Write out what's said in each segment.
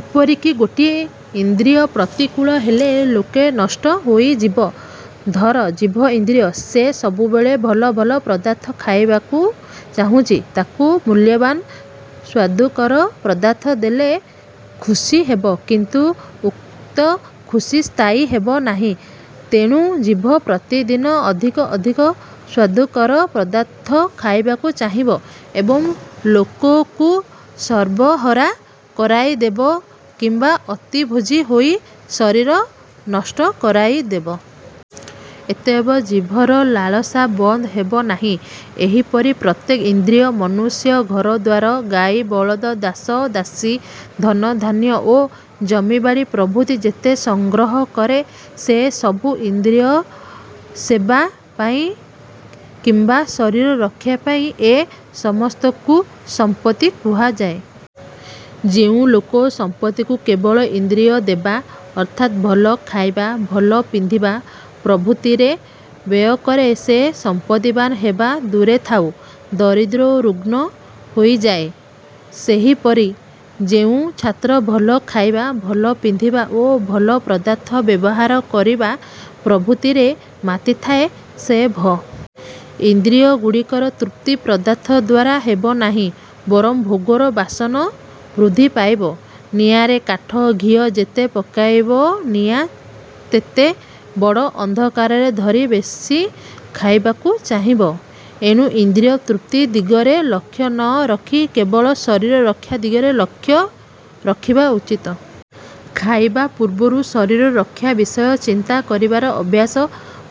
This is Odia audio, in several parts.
ଏପରିକି ଗୋଟିଏ ଇନ୍ଦ୍ରିୟ ପ୍ରତିକୂଳ ହେଲେ, ଲୋକ ନଷ୍ଟ ହୋଇଯିବ। ଧର, ଜିଭ ଇନ୍ଦ୍ରିୟ। ସେ ସବୁବେଳେ ଭଲ ଭଲ ପଦାର୍ଥ ଖାଇବାକୁ ଚାହୁଁଛି। ତାକୁ ମୂଲ୍ୟବାନ୍ ସ୍ୱାଦୁକର ପଦାର୍ଥ ଦେଲେ ଖୁସି ହେବ କିନ୍ତୁ ଉକ୍ତ ଖୁସି ସ୍ଥାୟୀ ହେବ ନାହିଁ-। ତେଣୁ ଜିଭ ପ୍ରତିଦିନ ଅଧିକ ଅଧିକ ସ୍ଵାଦୁକର ପଦାର୍ଥ ଖାଇବାକୁ ଚାହିଁବ ଏବଂ ଲୋକକୁ ସର୍ବହରା କରାଇଦେବ କିମ୍ବା ଅତିଭୋଜୀ ହୋଇ ଶରୀର ନଷ୍ଟ କରାଇଦେବ। ଅତଏବ ଜିଭର ଲାଳସା ବନ୍ଦ ହେବ ନାହିଁ। ଏହିପରି ପ୍ରତ୍ୟେକ ଇନ୍ଦ୍ରିୟ। ମନୁଷ୍ୟ ଘରଦ୍ଵାର, ଗାଈ, ବଳଦ, ଦାସ ଦାସୀ, ଧନ ଧାନ୍ୟ ଓ ଜମିବାଡ଼ି ପ୍ରଭୃତି ଯେତେ ସଂଗ୍ରହ କରେ ସେସବୁ ଇନ୍ଦ୍ରିୟ ସେବା ପାଇଁ କିମ୍ବା ଶରୀର ରକ୍ଷା ପାଇଁ। ଏ ସମସ୍ତକୁ ସମ୍ପତ୍ତି କୁହାଯାଏ। ଯେଉଁ ଲୋକ ସମ୍ପତ୍ତିକୁ କେବଳ ଇନ୍ଦ୍ରିୟ ଦେବା ଅର୍ଥାତ୍ ଭଲ ଖାଇବା, ଭଲ ପିନ୍ଧିବା ପ୍ରଭୃତିରେ ବ୍ୟୟ କରେ ସେ ସମ୍ପତ୍ତିବାନ୍ ହେବା ଦୂରେ ଥାଉ ଦରିଦ୍ର ଓ ରୁଗ୍ଣ ହୋଇଯାଏ-। ସେହିପରି ଯେଉଁ ଛାତ୍ର ଭଲ ଖାଇବା, ଭଲ ପିନ୍ଧିବା ଓ ଭଲ ପଦାର୍ଥ ବ୍ୟବହାର କରିବା ପ୍ରଭୃତିରେ ମାତିଥାଏ; ସେ ଭଲ ପଢ଼ିପାରେ ନାହିଁ କି ବଢ଼ିଲେ ବଡ଼ ମଣିଷ ହୋଇପାରେ ନାହିଁ-। ଇନ୍ଦ୍ରିୟଗୁଡ଼ିକର ତୃପ୍ତି ପଦାର୍ଥ ଦ୍ଵାରା ହେବ ନାହିଁ, ବରଂ ଭୋଗର ବାସନା ବୃଦ୍ଧି ପାଇବ-। ନିଆଁରେ କାଠ, ଘିଅ ଯେତେ ପକାଇବ ନିଆଁ ତେତେ। ବଡ଼ ଆକାରର ଧରି ବେଶୀ ଖାଇବାକୁ ଚାହିଁବ। ଏଣୁ ଇନ୍ଦ୍ରିୟ ତୃପ୍ତି ଦିଗରେ ଲକ୍ଷ୍ୟ ନ ରଖି କେବଳ ଶରୀର ରକ୍ଷା ଦିଗରେ ଲକ୍ଷ୍ୟ ରଖିବା ଉଚିତ। ଖାଇବା ପୂର୍ବରୁ ଶରୀର ରକ୍ଷା ବିଷୟ ଚିନ୍ତା କରିବାର ଅଭ୍ୟାସ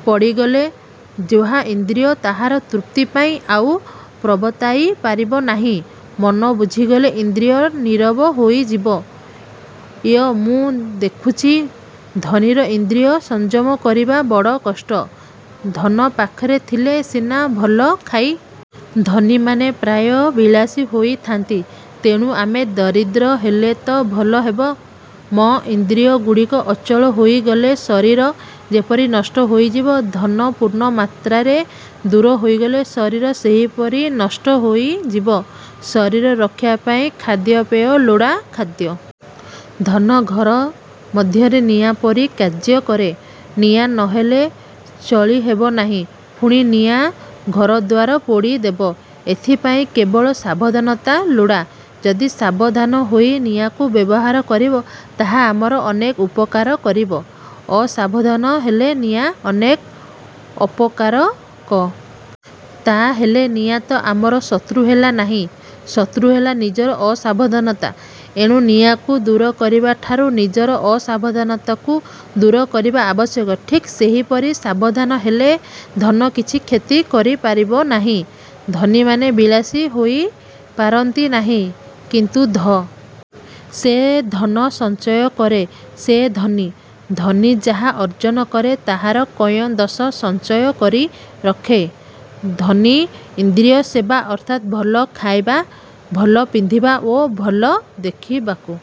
ପଡ଼ିଗଲେ ଜିହ୍ଵା ଇନ୍ଦ୍ରିୟ ତାହାର ତୃପ୍ତି ପାଇଁ ଆଉ ପ୍ରବର୍ତ୍ତାଇ ପାରିବ ନାହିଁ। ମନ ବୁଝିଗଲେ ଇନ୍ଦ୍ରିୟ ନୀରବ ହୋଇଯିବ-। ୟ-ମୁଁ ଦେଖୁଛି, ଧନୀର ଇନ୍ଦ୍ରିୟ ସଂଯମ କରିବା ବଡ଼ କଷ୍ଟ। ଧନ ପାଖରେ ଥିଲେ ସିନା ଭଲ ଖାଇବାକୁ ଓ ଭଲ ପିନ୍ଧିବାକୁ ମନ ହେବ। ଧନୀମାନେ ପ୍ରାୟ ବିଳାସୀ ହୋଇଥାନ୍ତି। ତେଣୁ ଆମେ ଦରିଦ୍ର ହେଲେ ତ ଭଲ ହେବ? ମ-ଇନ୍ଦ୍ରିୟଗୁଡ଼ିକ ଅଚଳ ହୋଇଗଲେ ଶରୀର ଯେପରି ନଷ୍ଟ ହୋଇଯିବ, ଧନ ପୂର୍ଣ୍ଣ ମାତ୍ରାରେ ଦୂର ହୋଇଗଲେ ଶରୀର ସେହିପରି ନଷ୍ଟ ହୋଇଯିବ। ଶରୀର ରକ୍ଷା ପାଇଁ ଖାଦ୍ୟପେୟ ଲୋଡ଼ା, ଖାଦ୍ୟପେୟ ସଂଗ୍ରହ ପାଇଁ ଧନ ଲୋଡ଼ା। ଧନ ଘର ମଧ୍ୟରେ ନିଆଁ ପରି କାର୍ଯ୍ୟ କରେ। ନିଆଁ ନ ହେଲେ ଚଳିହେବ ନାହିଁ, ପୁଣି ନିଆଁ ଘରଦ୍ଵାର ପୋଡ଼ିଦେବ। ଏଥିପାଇଁ କେବଳ ସାବଧାନତା ଲୋଡ଼ା। ଯଦି ସାବଧାନ ହୋଇ ନିଆଁକୁ ବ୍ୟବହାର କରିବା, ତାହା ଆମର ଅନେକ ଉପକାର କରିବ। ଅସାବଧାନ ହେଲେ ନିଆଁ ଅନେକ ଅପକାର କରିବ। ତାହାହେଲେ ନିଆଁତ ଆମର ଶତ୍ରୁ ହେଲା ନାହିଁ, ଶତ୍ରୁ ହେଲା ନିଜର ଅସାବଧାନତା। ଏଣୁ ନିଆଁକୁ ଦୂର କରିବା ଠାରୁ ନିଜର ଅସାବଧାନତାକୁ ଦୂର କରିବା ଆବଶ୍ୟକ। ଠିକ୍ ସେହିପରି ସାବଧାନ ହେଲେ ଧନ କିଛି କ୍ଷତି କରିପାରିବ ନାହିଁ। ଧନୀମାନେ ବିଳାସୀ ହୋଇପାରନ୍ତି ନାହିଁ କିନ୍ତୁ ଧନୀର ସନ୍ତାନମାନେ ବିଳାସୀ ହୋଇପାରନ୍ତି। ଯେ ଧନ ସଞ୍ଚୟ କରେ ସେ ଧନୀ। ଧନୀ ଯାହା ଅର୍ଜନ କରେ ତାହାର କିୟଦଂଶ ସଞ୍ଚୟ କରି ରଖେ। ଧନୀ ଇନ୍ଦ୍ରିୟ ସେବା ଅର୍ଥାତ୍ ଭଲ ଖାଇବା, ଭଲ ପିନ୍ଧିବା ଓ ଭଲ ଦେଖିବାକୁ